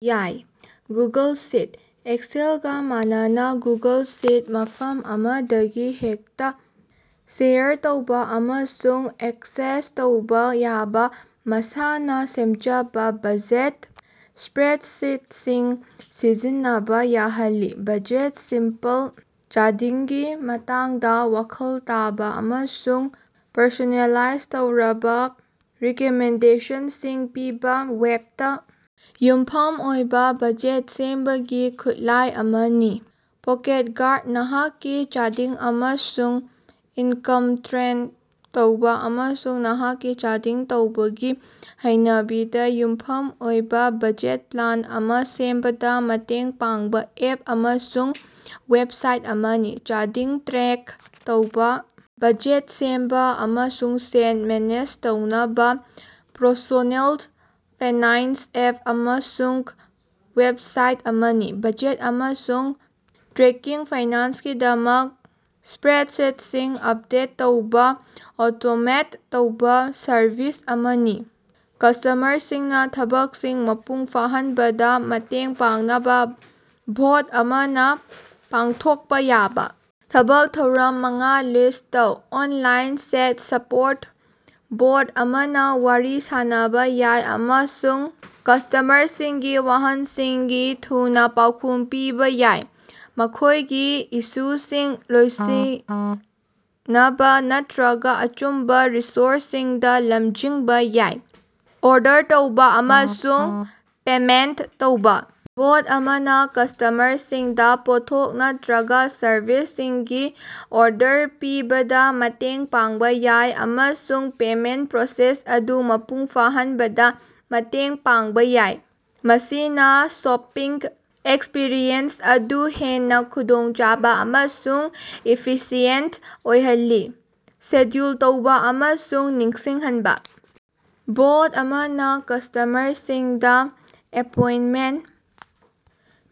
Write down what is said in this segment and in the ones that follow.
ꯌꯥꯏ꯫ Google sheet: ꯑꯦꯛꯁꯦꯜꯒ ꯃꯥꯟꯅꯅ ꯒꯨꯒꯜ ꯁꯤꯠꯅ ꯃꯐꯝ ꯑꯃꯗꯒꯤ ꯍꯦꯛꯇ ꯁꯦꯌꯔ ꯇꯧꯕ ꯑꯃꯁꯨꯡ ꯑꯦꯛꯁꯦꯁ ꯇꯧꯕ ꯌꯥꯕ ꯃꯁꯥꯅ ꯁꯦꯝꯖꯕ ꯕꯖꯦꯠ ꯁ꯭ꯄꯔꯦꯗꯁꯤꯠꯁꯤꯡ ꯁꯤꯖꯤꯟꯅꯕ ꯌꯥꯍꯜꯂꯤ꯫ ꯕꯖꯦꯠꯁꯤꯝꯄꯜ: ꯆꯥꯗꯤꯡꯒꯤ ꯃꯇꯥꯡꯗ ꯋꯥꯈꯜ ꯇꯥꯕ ꯑꯃꯁꯨꯡ ꯄꯔꯁꯣꯅꯦꯂꯥꯏꯖ ꯇꯧꯔꯕ ꯔꯤꯀꯃꯦꯟꯗꯦꯁꯟꯁꯤꯡ ꯄꯤꯕ ꯋꯦꯕꯇ ꯌꯨꯝꯐꯝ ꯑꯣꯏꯕ ꯕꯖꯦꯠ ꯁꯦꯝꯕꯒꯤ ꯈꯨꯠꯂꯥꯏ ꯑꯃꯅꯤ꯫ ꯄꯣꯀꯦꯠꯒꯥꯔꯗ: ꯅꯍꯥꯛꯀꯤ ꯆꯥꯗꯤꯡ ꯑꯃꯁꯨꯡ ꯏꯟꯀꯝ ꯇ꯭ꯔꯦꯟ ꯇꯧꯕ ꯑꯃꯁꯨꯡ ꯅꯍꯥꯛꯀꯤ ꯆꯥꯗꯤꯡ ꯇꯧꯕꯒꯤ ꯍꯩꯅꯕꯤꯗ ꯌꯨꯝꯐꯝ ꯑꯣꯏꯕ ꯕꯖꯦꯠ ꯄ꯭ꯂꯥꯟ ꯑꯃ ꯁꯦꯝꯕꯗ ꯃꯇꯦꯡ ꯄꯥꯡꯕ ꯑꯦꯞ ꯑꯃꯁꯨꯡ ꯋꯦꯕꯁꯥꯏꯠ ꯑꯃꯅꯤ꯫ ꯆꯥꯗꯤꯡ ꯇ꯭ꯔꯦꯛ ꯇꯧꯕ, ꯕꯖꯦꯠ ꯁꯦꯝꯕ, ꯑꯃꯁꯨꯡ ꯁꯦꯟ ꯃꯦꯅꯦꯖ ꯇꯧꯅꯕ ꯄ꯭ꯔꯣꯁꯣꯅꯦꯜ ꯐꯦꯅꯥꯏꯟꯁ ꯑꯦꯞ ꯑꯃꯁꯨꯡ ꯋꯦꯕꯁꯥꯏꯠ ꯑꯃꯅꯤ꯫ ꯕꯖꯦꯠ ꯑꯃꯁꯨꯡ ꯇ꯭ꯔꯦꯀꯤꯡ ꯐꯥꯏꯅꯥꯟꯁꯀꯤꯗꯃꯛ ꯁ꯭ꯄꯔꯦꯗꯁꯦꯠꯁꯤꯡ ꯑꯞꯗꯦꯠ ꯇꯧꯕ ꯑꯣꯇꯣꯃꯦꯠ ꯇꯧꯕ ꯁꯔꯚꯤꯁ ꯑꯃꯅꯤ꯫ ꯀꯁ꯭ꯇꯃꯔꯁꯤꯡꯅ ꯊꯕꯛꯁꯤꯡ ꯃꯄꯨꯡ ꯐꯥꯍꯟꯕꯗ ꯃꯇꯦꯡ ꯄꯥꯡꯅꯕ ꯕꯣꯠ ꯑꯃꯅ ꯄꯥꯡꯊꯣꯛꯄ ꯌꯥꯕ ꯊꯕꯛ ꯊꯧꯔꯝ ꯃꯉꯥ ꯂꯤꯁ꯭ꯠ ꯇꯧ꯫ ꯑꯣꯟꯂꯥꯏꯟ ꯆꯦꯠ ꯁꯄꯣꯔꯠ: ꯕꯣꯠ ꯑꯃꯅ ꯋꯥꯔꯤ ꯁꯥꯅꯕ ꯌꯥꯏ ꯑꯃꯁꯨꯡ ꯀꯁ꯭ꯇꯃꯔꯁꯤꯡꯒꯤ ꯋꯥꯍꯪꯁꯤꯡꯒꯤ ꯊꯨꯅ ꯄꯥꯎꯈꯨꯝ ꯄꯤꯕ ꯌꯥꯏ, ꯃꯈꯣꯏꯒꯤ ꯏꯁꯨꯁꯤꯡ ꯂꯣꯏꯁꯤꯅꯕ ꯅꯠꯇ꯭ꯔꯒ ꯑꯆꯨꯝꯕ ꯔꯤꯁꯣꯔꯁꯁꯤꯡꯗ ꯂꯝꯖꯤꯡꯕ ꯌꯥꯏ꯫ ꯑꯣꯔꯗꯔ ꯇꯧꯕ ꯑꯃꯁꯨꯡ ꯄꯦꯃꯦꯟꯇ ꯇꯧꯕ: ꯕꯣꯠ ꯑꯃꯅ ꯀꯁ꯭ꯇꯃꯔꯁꯤꯡꯗ ꯄꯣꯠꯊꯣꯛ ꯅꯠꯇꯔꯒ ꯁꯔꯚꯤꯁꯁꯤꯡꯒꯤ ꯑꯣꯔꯗꯔ ꯄꯤꯕꯗ ꯃꯇꯦꯡ ꯄꯥꯡꯕ ꯌꯥꯏ ꯑꯃꯁꯨꯡ ꯄꯦꯃꯦꯟꯠ ꯄ꯭ꯔꯣꯁꯦꯁ ꯑꯗꯨ ꯃꯄꯨꯡ ꯐꯥꯍꯟꯕꯗ ꯃꯇꯦꯡ ꯄꯥꯡꯕ ꯌꯥꯏ, ꯃꯁꯤꯅ ꯁꯣꯄꯤꯡ ꯑꯦꯛꯁꯄꯤꯔꯤꯑꯦꯟꯁ ꯑꯗꯨ ꯍꯦꯟꯅ ꯈꯨꯗꯣꯡꯆꯥꯕ ꯑꯃꯁꯨꯡ ꯏꯐꯤꯁꯤꯑꯦꯟꯠ ꯑꯣꯏꯍꯜꯂꯤ꯫ ꯁꯦꯗ꯭ꯌꯨꯜ ꯇꯧꯕ ꯑꯃꯁꯨꯡ ꯅꯤꯡꯁꯤꯡꯍꯟꯕ: ꯕꯣꯠ ꯑꯃꯅ ꯀꯁ꯭ꯇꯃꯔꯁꯤꯡꯗ ꯑꯦꯄꯣꯏꯟꯠꯃꯦꯟꯠ,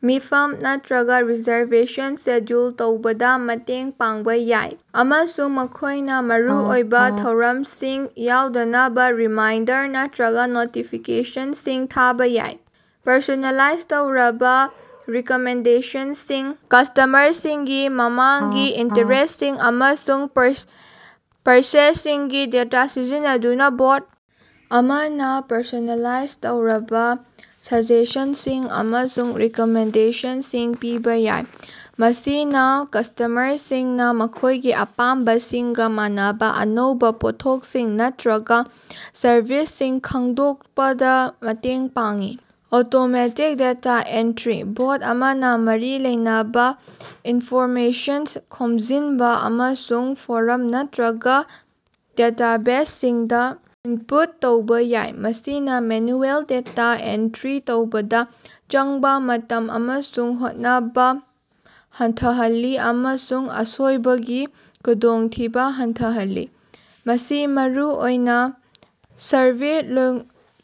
ꯃꯤꯐꯝ ꯅꯠꯇ꯭ꯔꯒ ꯔꯤꯖꯔꯕꯦꯁꯟ ꯁꯦꯗ꯭ꯌꯨꯜ ꯇꯧꯕꯗ ꯃꯇꯦꯡ ꯄꯥꯡꯕ ꯌꯥꯏ, ꯑꯃꯁꯨꯡ ꯃꯈꯣꯏꯅ ꯃꯔꯨꯑꯣꯏꯕ ꯊꯧꯔꯝꯁꯤꯡ ꯌꯥꯎꯗꯅꯕ ꯔꯤꯃꯥꯏꯟꯗꯔ ꯅꯠꯇ꯭ꯔꯒ ꯅꯣꯇꯤꯐꯤꯀꯦꯁꯟꯁꯤꯡ ꯊꯥꯕꯥ ꯌꯥꯏ꯫ ꯄꯔꯁꯣꯅꯦꯂꯥꯏꯖ ꯇꯧꯔꯕ ꯔꯤꯀꯃꯦꯟꯗꯦꯁꯟꯁꯤꯡ: ꯀꯁ꯭ꯇꯃꯔꯁꯤꯡꯒꯤ ꯃꯃꯥꯡꯒꯤ ꯏꯟꯇꯔꯦꯁꯁꯤꯡ ꯑꯃꯁꯨꯡ ꯄꯔꯆꯦꯖꯁꯤꯡꯒꯤ ꯗꯦꯇꯥ ꯁꯤꯖꯤꯟꯅꯗꯨꯅ ꯕꯣꯠ ꯑꯃꯅ ꯄꯔꯁꯣꯅꯦꯂꯥꯏꯖ ꯇꯧꯔꯕ ꯁꯖꯦꯁꯟꯁꯤꯡ ꯑꯃꯁꯨꯡ ꯔꯤꯀꯃꯦꯟꯗꯦꯁꯟꯁꯤꯡ ꯄꯤꯕ ꯌꯥꯏ, ꯃꯁꯤꯅ ꯀꯁ꯭ꯇꯃꯔꯁꯤꯡꯅ ꯃꯈꯣꯏꯒꯤ ꯑꯄꯥꯝꯕꯁꯤꯡꯒ ꯃꯥꯟꯅꯕ ꯑꯅꯧꯕ ꯄꯣꯠꯊꯣꯛꯁꯤꯡ ꯅꯠꯇ꯭ꯔꯒ ꯁꯔꯚꯤꯁꯁꯤꯡ ꯈꯪꯗꯣꯛꯄꯗ ꯃꯇꯦꯡ ꯄꯥꯡꯏ꯫ ꯑꯣꯇꯣꯃꯦꯇꯦꯗ ꯗꯦꯇꯥ ꯑꯦꯟꯇ꯭ꯔꯤ: ꯕꯣꯠ ꯑꯃꯅ ꯃꯔꯤ ꯂꯩꯅꯕ ꯏꯟꯐꯣꯔꯃꯦꯁꯟ ꯈꯣꯝꯖꯤꯟꯕ ꯑꯃꯁꯨꯡ ꯐꯣꯔꯝ ꯅꯠꯇ꯭ꯔꯒ ꯗꯦꯇꯥꯕꯦꯖꯁꯤꯡꯗ ꯏꯟꯄꯨꯠ ꯇꯧꯕ ꯌꯥꯏ, ꯃꯁꯤꯅ ꯃꯦꯅꯨꯑꯦꯜ ꯗꯦꯇꯥ ꯑꯦꯟꯇ꯭ꯔꯤ ꯇꯧꯕꯗ ꯆꯪꯕꯥ ꯃꯇꯝ ꯑꯃꯁꯨꯡ ꯍꯣꯠꯅꯕ ꯍꯟꯊꯍꯜꯂꯤ ꯑꯃꯁꯨꯡ ꯑꯁꯣꯏꯕꯒꯤ ꯈꯨꯗꯣꯡꯊꯤꯕ ꯍꯟꯊꯍꯜꯂꯤ꯫ ꯃꯁꯤ ꯃꯔꯨꯑꯣꯏꯅ ꯁꯔꯚꯦ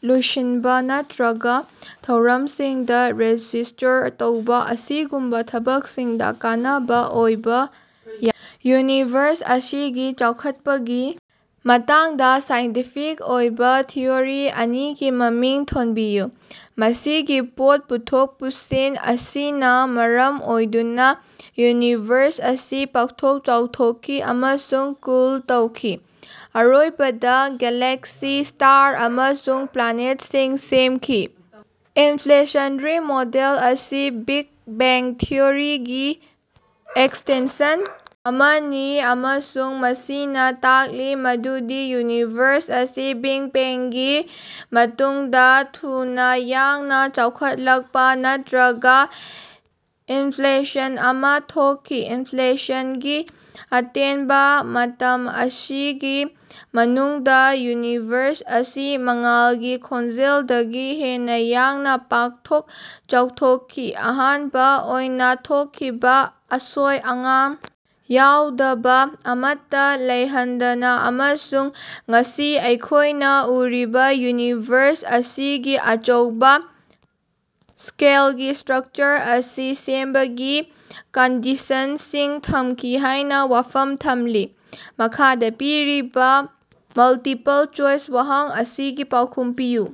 ꯂꯣꯏꯁꯤꯟꯕ ꯅꯠꯇ꯭ꯔꯒ ꯊꯧꯔꯝꯁꯤꯡꯗ ꯔꯦꯖꯤꯁ꯭ꯇꯔ ꯇꯧꯕ ꯑꯁꯤꯒꯨꯝꯕ ꯊꯕꯛꯁꯤꯡꯗ ꯀꯥꯟꯅꯕ ꯑꯣꯏꯕ ꯌꯥꯏ꯫ ꯌꯨꯅꯤꯚꯔꯁ ꯑꯁꯤꯒꯤ ꯆꯥꯎꯈꯠꯄꯒꯤ ꯃꯇꯥꯡꯗ ꯁꯥꯏꯟꯇꯤꯐꯤꯛ ꯑꯣꯏꯕ ꯊꯤꯎꯔꯤ ꯑꯅꯤꯒꯤ ꯃꯃꯤꯡ ꯊꯣꯟꯕꯤꯌꯨ꯫ ꯃꯁꯤꯒꯤ ꯄꯣꯠ ꯄꯨꯊꯣꯛ ꯄꯨꯁꯤꯟ ꯑꯁꯤꯅ ꯃꯔꯝ ꯑꯣꯏꯗꯨꯅ ꯌꯨꯅꯤꯚꯔꯁ ꯑꯁꯤ ꯄꯥꯎꯊꯣꯛ-ꯆꯥꯎꯊꯣꯛꯈꯤ ꯑꯃꯁꯨꯡ ꯀꯨꯜ ꯇꯧꯈꯤ, ꯑꯔꯣꯏꯕꯗ ꯒꯦꯂꯦꯛꯁꯤ, ꯁ꯭ꯇꯥꯔ ꯑꯃꯁꯨꯡ ꯄ꯭ꯂꯥꯅꯦꯠꯁꯤꯡ ꯁꯦꯝꯈꯤ꯫ ꯏꯟꯐ꯭ꯂꯦꯁꯟꯔꯤ ꯃꯣꯗꯦꯜ ꯑꯁꯤ ꯕꯤꯒ ꯕꯦꯡ ꯊꯤꯑꯣꯔꯤꯒꯤ ꯑꯦꯛꯁꯇꯦꯟꯁꯟ ꯑꯃꯅꯤ, ꯑꯃꯁꯨꯡ ꯃꯁꯤꯅ ꯇꯥꯛꯂꯤ ꯃꯗꯨꯗꯤ ꯌꯨꯅꯤꯚꯔꯁ ꯑꯁꯤ ꯕꯤꯡ ꯄꯦꯡꯒꯤ ꯃꯇꯨꯡꯗ ꯊꯨꯅ ꯌꯥꯡꯅ ꯆꯥꯎꯈꯠꯂꯛꯄ ꯅꯠꯇ꯭ꯔꯒ ꯏꯟꯐ꯭ꯂꯦꯁꯟ ꯑꯃ ꯊꯣꯛꯈꯤ꯫ ꯏꯟꯐ꯭ꯂꯦꯁꯟꯒꯤ ꯑꯇꯦꯟꯕ ꯃꯇꯝ ꯑꯁꯤꯒꯤ ꯃꯅꯨꯡꯗ, ꯌꯨꯅꯤꯚꯔꯁ ꯑꯁꯤ ꯃꯉꯥꯜꯒꯤ ꯈꯣꯟꯖꯦꯜꯗꯒꯤ ꯍꯦꯟꯅ ꯌꯥꯡꯅ ꯄꯥꯛꯊꯣꯛ-ꯆꯥꯎꯊꯣꯛꯈꯤ, ꯑꯍꯥꯟꯕ ꯑꯣꯏꯅ ꯊꯣꯛꯈꯤꯕ ꯑꯁꯣꯏ-ꯑꯉꯥꯝ ꯌꯥꯎꯗꯕ ꯑꯃꯠꯇ ꯂꯩꯍꯟꯗꯅ ꯑꯃꯁꯨꯡ ꯉꯁꯤ ꯑꯩꯈꯣꯏꯅ ꯎꯔꯤꯕ ꯌꯨꯅꯤꯚꯔꯁ ꯑꯁꯤꯒꯤ ꯑꯆꯧꯕ ꯁ꯭ꯀꯦꯜꯒꯤ ꯁ꯭ꯇꯔꯛꯆꯔ ꯑꯁꯤ ꯁꯦꯝꯕꯒꯤ ꯀꯟꯗꯤꯁꯟꯁꯤꯡ ꯊꯝꯈꯤ ꯍꯥꯏꯅ ꯋꯥꯐꯝ ꯊꯝꯂꯤ꯫ ꯃꯈꯥꯗ ꯄꯤꯔꯤꯕ ꯃꯜꯇꯤꯄꯜ ꯆꯣꯏꯁ ꯋꯥꯍꯪ ꯑꯁꯤꯒꯤ ꯄꯥꯎꯈꯨꯝ ꯄꯤꯌꯨ꯫